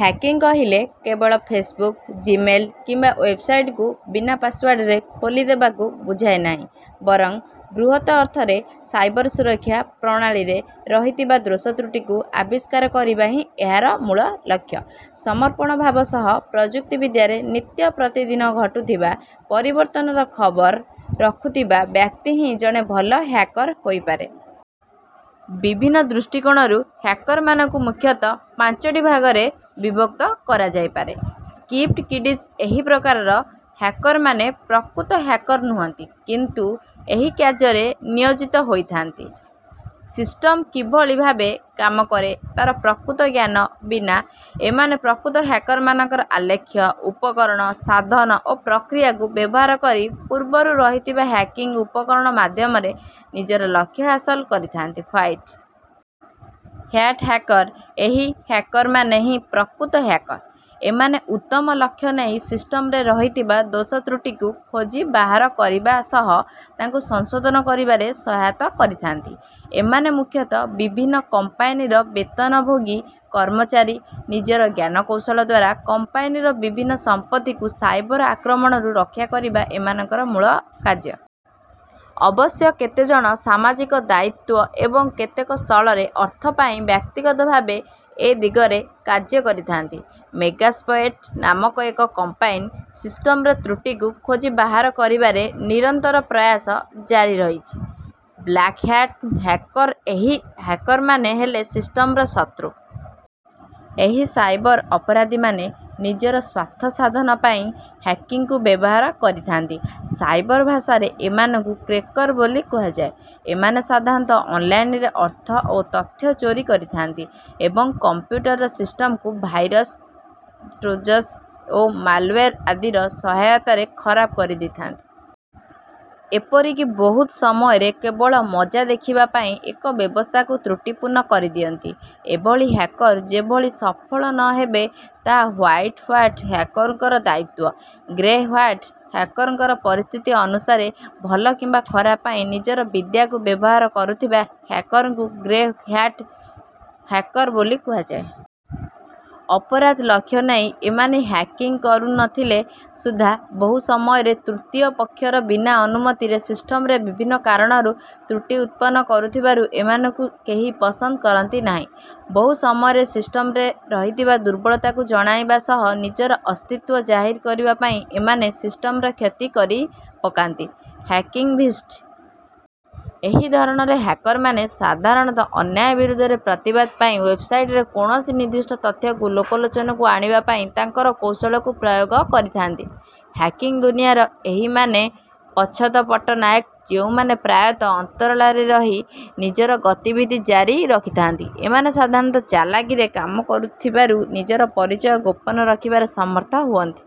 Hacking କହିଲେ କେବଳ Facebook, Gmail କିମ୍ବା ୱେବସାଇଟ୍‌କୁ ବିନା ପାସୱାର୍ଡରେ ଖୋଲିଦେବାକୁ ବୁଝାଏ ନାହିଁ। ବରଂ ବୃହତ୍ ଅର୍ଥରେ ସାଇବର ସୁରକ୍ଷା ପ୍ରଣାଳୀରେ ରହିଥିବା ଦୋଷତ୍ରୁଟିକୁ ଆବିଷ୍କାର କରିବା ହିଁ ଏହାର ମୂଳ ଲକ୍ଷ୍ୟ। ସମର୍ପଣ ଭାବ ସହ ପ୍ରଯୁକ୍ତିବିଦ୍ୟାରେ ନିତ୍ୟପ୍ରତିଦିନ ଘଟୁଥିବା ପରିବର୍ତ୍ତନର ଖବର ରଖୁଥିବା ବ୍ୟକ୍ତି ହିଁ ଜଣେ ଭଲ ହ୍ୟାକର ହୋଇପାରିବେ। ବିଭିନ୍ନ ଦୃଷ୍ଟିକୋଣରୁ ହ୍ୟାକରମାନଙ୍କୁ ମୁଖ୍ୟତଃ ପାଞ୍ଚଟି ଭାଗରେ ବିଭକ୍ତ କରାଯାଇପାରେ। ସ୍କ୍ରିପ୍ଟ କିଡିଜ୍ ଏହି ପ୍ରକାରର ହ୍ୟାକରମାନେ ପ୍ରକୃତ ହ୍ୟାକର ନୁହନ୍ତି। କିନ୍ତୁ ଏହି କାର୍ଯ୍ୟରେ ନିୟୋଜିତ ହୋଇଥାନ୍ତି। ସିଷ୍ଟମ୍ କିଭଳି ଭାବେ କାମ କରେ, ତାର ପ୍ରକୃତ ଜ୍ଞାନ ବିନା ଏମାନେ ପ୍ରକୃତ ହ୍ୟାକରମାନଙ୍କର ଆଲେଖ୍ୟ, ଉପକରଣ, ସାଧନ ଓ ପ୍ରକ୍ରିୟାକୁ ବ୍ୟବହାର କରି ପୂର୍ବରୁ ରହିଥିବା ହ୍ୟାକିଂ ଉପକରଣ ମାଧ୍ୟମରେ ନିଜର ଲକ୍ଷ୍ୟ ହାସଲ କରିଥାନ୍ତି। ହ୍ୱାଇଟ୍ ହ୍ୟାଟ୍ ହ୍ୟାକର ଏହି ହ୍ୟାକରମାନେ ହିଁ ପ୍ରକୃତ ହ୍ୟାକର। ଏମାନେ ଉତ୍ତମ ଲକ୍ଷ୍ୟ ନେଇ ସିଷ୍ଟମରେ ରହିଥିବା ଦୋଷତ୍ରୁଟିକୁ ଖୋଜି ବାହାର କରିବା ସହ ତାକୁ ସଂଶୋଧନ କରିବାରେ ସହାୟତା କରିଥାନ୍ତି। ଏମାନେ ମୁଖ୍ୟତଃ ବିଭିନ୍ନ କମ୍ପାନୀର ବେତନଭୋଗୀ କର୍ମଚାରୀ। ନିଜର ଜ୍ଞାନକୌଶଳ ଦ୍ୱାରା କମ୍ପାନୀର ବିଭିନ୍ନ ସମ୍ପତ୍ତିକୁ ସାଇବର ଆକ୍ରମଣରୁ ରକ୍ଷା କରିବା ଏମାନଙ୍କ ମୂଳ କାର୍ଯ୍ୟ। ଅବଶ୍ୟ କେତେଜଣ ସାମାଜିକ ଦାୟିତ୍ୱ ଏବଂ କେତେକ ସ୍ଥଳରେ ଅର୍ଥ ପାଇଁ ବ୍ୟକ୍ତିଗତ ଭାବେ ଏ ଦିଗରେ କାର୍ଯ୍ୟ କରିଥାନ୍ତି। ମେଗାସ୍ପ୍ଏଟ୍ ନାମକ ଏକ କମ୍ପାଏନ୍ ସିଷ୍ଟମରେ ତ୍ରୁଟିକୁ ଖୋଜି ବାହାର କରିବାରେ ନିରନ୍ତର ପ୍ରୟାସ ଜାରି ରହିଛି। ବ୍ଲାକ୍ ହ୍ୟାଟ୍ ହ୍ୟାକର ଏହି ହ୍ୟାକରମାନେ ହେଲେ ସିଷ୍ଟମର ଶତ୍ରୁ। ଏହି ସାଇବର ଅପରାଧୀମାନେ ନିଜର ସ୍ୱାର୍ଥ ସାଧନ ପାଇଁ ହ୍ୟାକିଂକୁ ବ୍ୟବହାର କରିଥାନ୍ତି। ସାଇବର୍ ଭାଷାରେ ଏମାନଙ୍କୁ କ୍ରେକର୍ ବୋଲି କୁହାଯାଏ। ଏମାନେ ସାଧାରଣତଃ ଅନ୍ ଲାଇନରେ ଅର୍ଥ ଓ ତଥ୍ୟ ଚୋରି କରିଥାନ୍ତି ଏବଂ କମ୍ପୁଟର ସିଷ୍ଟମକୁ ଭାଇରସ୍, ଟ୍ରୋଜସ୍ ଓ ମାଲୱେର୍ ଆଦିର ସହାୟତାରେ ଖରାପ କରିଦେଇଥାନ୍ତି। ଏପରିକି ବହୁ ସମୟରେ କେବଳ ମଜା ଦେଖିବା ପାଇଁ ଏକ ବ୍ୟବସ୍ଥାକୁ ତ୍ରୁଟିପୂର୍ଣ୍ଣ କରିଦିଅନ୍ତି। ଏଭଳି ହ୍ୟାକର ଯେଭଳି ସଫଳ ନ ହେବେ, ତାହା ହ୍ୱାଇଟ୍ ହ୍ୱାଟ୍ ହ୍ୟାକରଙ୍କ ଦାୟିତ୍ୱ। ଗ୍ରେ ହ୍ୱାଟ୍ ହ୍ୟାକର ପରିସ୍ଥିତି ଅନୁସାରେ ଭଲ କିମ୍ବା ଖରାପ ପାଇଁ ନିଜ ବିଦ୍ୟାକୁ ବ୍ୟବହାର କରୁଥିବା ହ୍ୟାକରଙ୍କୁ ଗ୍ରେ ହ୍ୟାଟ୍ ହ୍ୟାକର ବୋଲି କୁହାଯାଏ। ଅପରାଧ ଲକ୍ଷ୍ୟ ନେଇ ଏମାନେ ହ୍ୟାକିଂ କରୁ ନ ଥିଲେ ସୁଦ୍ଧା ବହୁ ସମୟରେ ତୃତୀୟ ପକ୍ଷର ବିନା ଅନୁମତିରେ ସିଷ୍ଟମରେ ବିଭିନ୍ନ କାରଣରୁ ତ୍ରୁଟି ଉତ୍ପନ୍ନ କରୁଥିବାରୁ ଏମାନଙ୍କୁ କେହି ପସନ୍ଦ କରନ୍ତି ନାହିଁ। ବହୁ ସମୟରେ ସିଷ୍ଟମରେ ରହିଥିବା ଦୁର୍ବଳତାକୁ ଜଣାଇବା ସହ ନିଜର ଅସ୍ତିତ୍ୱ ଜାହିର କରିବା ପାଇଁ ଏମାନେ ସିଷ୍ଟମର କ୍ଷତି କରିପକାନ୍ତି। ହ୍ୟାକିଙ୍ଗ୍ ଭିଷ୍ଟ-- ଏହି ଧରଣର ହ୍ୟାକରମାନେ ସାଧାରଣତଃ ଅନ୍ୟାୟ ବିରୋଧରେ ପ୍ରତିବାଦ ପାଇଁ ୱେବସାଇଟରେ କୌଣସି ନିର୍ଦ୍ଦିଷ୍ଟ ତଥ୍ୟକୁ ଲୋକଲୋଚନକୁ ଆଣିବା ପାଇଁ ତାଙ୍କର କୌଶଳକୁ ପ୍ରୟୋଗ କରିଥାନ୍ତି। ହ୍ୟାକିଂ ଦୁନିଆର ଏହିମାନେ ପ୍ରଚ୍ଛଦପଟ୍ଟ ନାୟକ ଯେଉଁମାନେ ପ୍ରାୟତଃ ଅନ୍ତରାଳରେ ରହି ନିଜର ଗତିବିଧି ଜାରି ରଖିଥାନ୍ତି। ଏମାନେ ସାଧାରଣତଃ ଚାଲାକିରେ କାମ କରୁଥିବାରୁ ନିଜର ପରିଚୟ ଗୋପନ ରଖିବାରେ ସମର୍ଥ ହୁଅନ୍ତି।